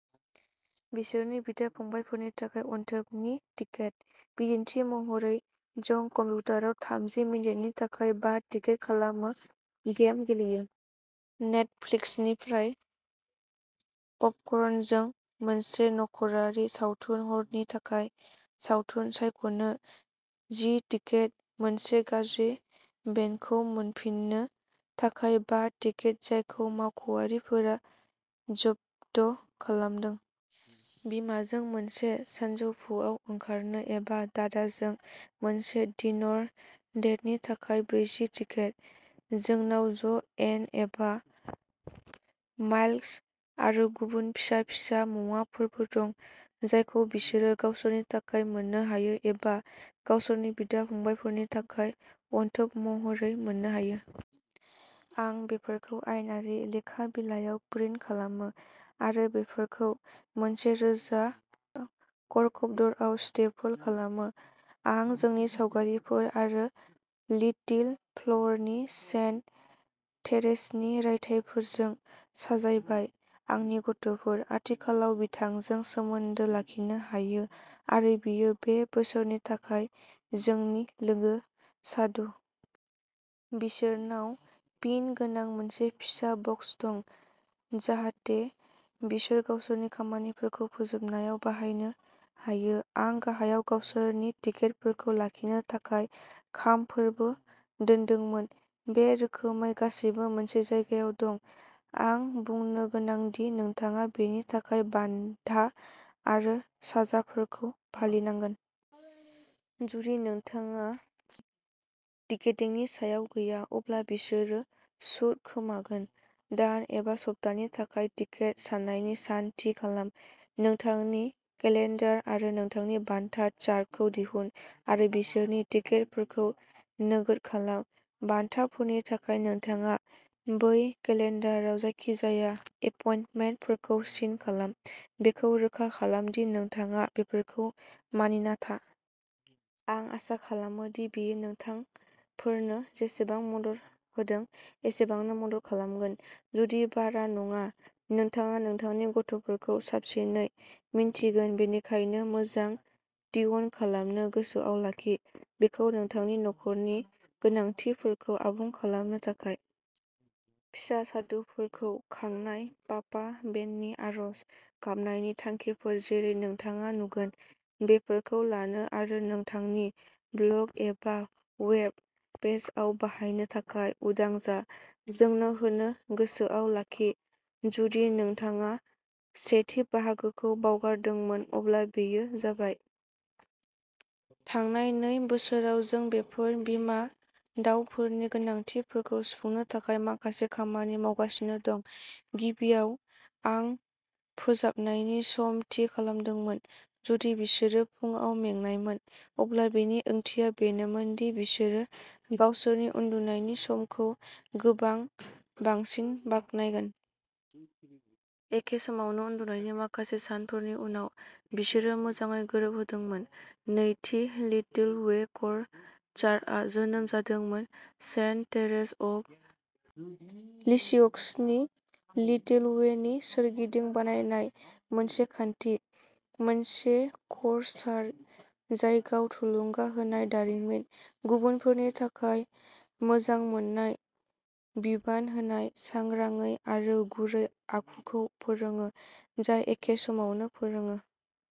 बिसोरनि बिदा-फंबायफोरनि थाखाय अनथोबनि टिकेट। बिदिन्थि महरै, जों कम्पिउटाराव थामजि मिनिटनि थाखाय बा टिकेट खालामो गेम गेलेयो। नेटफ्लिक्सनिफ्राय पपकर्नजों मोनसे नख'रारि सावथुन हरनि थाखाय सावथुन सायख'नो जि टिकेट। मोनसे गाज्रि बेन्डखौ मोनफिन्नो थाखाय बा टिकेट जायखौ मावख'आरिफोरा जब्द खालामदों। बिमाजों मोनसे सानजौफुआव ओंखारनो एबा दादाजों मोनसे डिनर डेटनि थाखाय ब्रैजि टिकेट। जोंनाव ज' एन एबा माइकल्स आरो गुबुन फिसा-फिसा मुवाफोरबो दं जायखौ बिसोरो गावसोरनि थाखाय मोननो हायो एबा गावसोरनि बिदा-फंबायफोरनि थाखाय अनथोब महरै मोननो हायो। आं बेफोरखौ आयेनारि लेखा बिलायाव प्रिन्ट खालामो आरो बेफोरखौ मोनसे रोजा कर्कब'र्डआव स्टेपल खालामो। आं जोंनि सावगारिफोर आरो लिटिल फ्लावरनि सेन्ट थेरेसनि रायथाइफोरजों साजायबाय। आंनि गथ'फोर। आथिखालाव बिथांजों सोमोन्दो लाखिनो हायो आरो बियो बे बोसोरनि थाखाय जोंनि लोगो साधु। बिसोरनाव पिन गोनां मोनसे फिसा बक्स दं, जाहाथे बिसोर गावसोरनि खामानिफोरखौ फोजोबनायाव बाहायनो हायो। आं गाहायाव गावसोरनि टिकेटफोरखौ लाखिनो थाखाय खामफोरबो दोन्दोंमोन। बे रोखोमै गासैबो मोनसे जायगायाव दं। आं बुंनो गोनां दि नोंथाङा बेनि थाखाय बान्था आरो साजाफोरखौ फालिनांगोन। जुदि नोंथाङा टिकेटिंनि सायाव गैया, अब्ला बिसोरो सुद खोमागोन। दान एबा सप्तानि थाखाय टिकेट सान्नायनि सान थि खालाम। नोंथांनि केलेन्डार आरो नोंथांनि बान्था चार्टखौ दिहुन आरो बिसोरनि टिकेटफोरखौ नोगोद खालाम। बान्थाफोरनि थाखाय नोंथाङा बै केलेन्डाराव जायखिजाया एपइन्टमेन्टफोरखौ सिन खालाम, बेखौ रोखा खालाम दि नोंथाङा बेफोरखौ मानिना था। आं आसा खालामो दि बेयो नोंथांफोरनो जेसेबां मदद होदों एसेबांनो मदद खालामगोन, जुदि बारा नङा। नोंथाङा नोंथांनि गथ'फोरखौ साबसिनै मिन्थिगोन, बेनिखायनो मोजां टिउन खालामनो गोसोआव लाखि। बेखौ नोंथांनि नखरनि गोनांथिफोरखौ आबुं खालामनो थाखाय। फिसा साधुफोरखौ खांनाय पापा बेननि आरज गाबनायनि थांखिफोर जेरै नोंथाङा नुगोन? बेफोरखौ लानो आरो नोंथांनि ब्लग एबा वेब पेजआव बाहायनो थाखाय उदां जा, जोंनो होनो गोसोआव लाखि जुदि नोंथाङा सेथि बाहागोखौ बावगारदोंमोन, अब्ला बेयो जाबाय। थांनाय नै बोसोराव जों बेफोर बिमा दावफोरनि गोनांथिफोरखौ सुफुंनो थाखाय माखासे खामानि मावगासिनो दं। गिबियाव, आं फोजाबनायनि सम थि खालामदोंमोन। जुदि बिसोरो फुंआव मेंनायमोन, अब्ला बेनि ओंथिया बेनोमोन दि बिसोरो गावसोरनि उन्दुनायनि समखौ गोबां बांसिन बाख्नायगोन। एखे समावनो उन्दुनायनि माखासे सानफोरनि उनाव, बिसोरो मोजाङै गोरोबहोदोंमोन। नैथि, लिटिल वे कर चार्टआ जोनोम जादोंमोन सेन्ट थेरेस अफ लिसिअक्सनि लिटिल वेनि सोरगिदिं बानायनाय मोनसे खान्थि। मोनसे कर चार्ट जाय गाव थुलुंगा होनाय दारिमिन, गुबुनफोरनि थाखाय मोजां मोननाय, बिबान होनाय, सांग्राङै आरो गुरै आखुखौ फोरोंङो, जाय एखे समावनो फोरोंङो।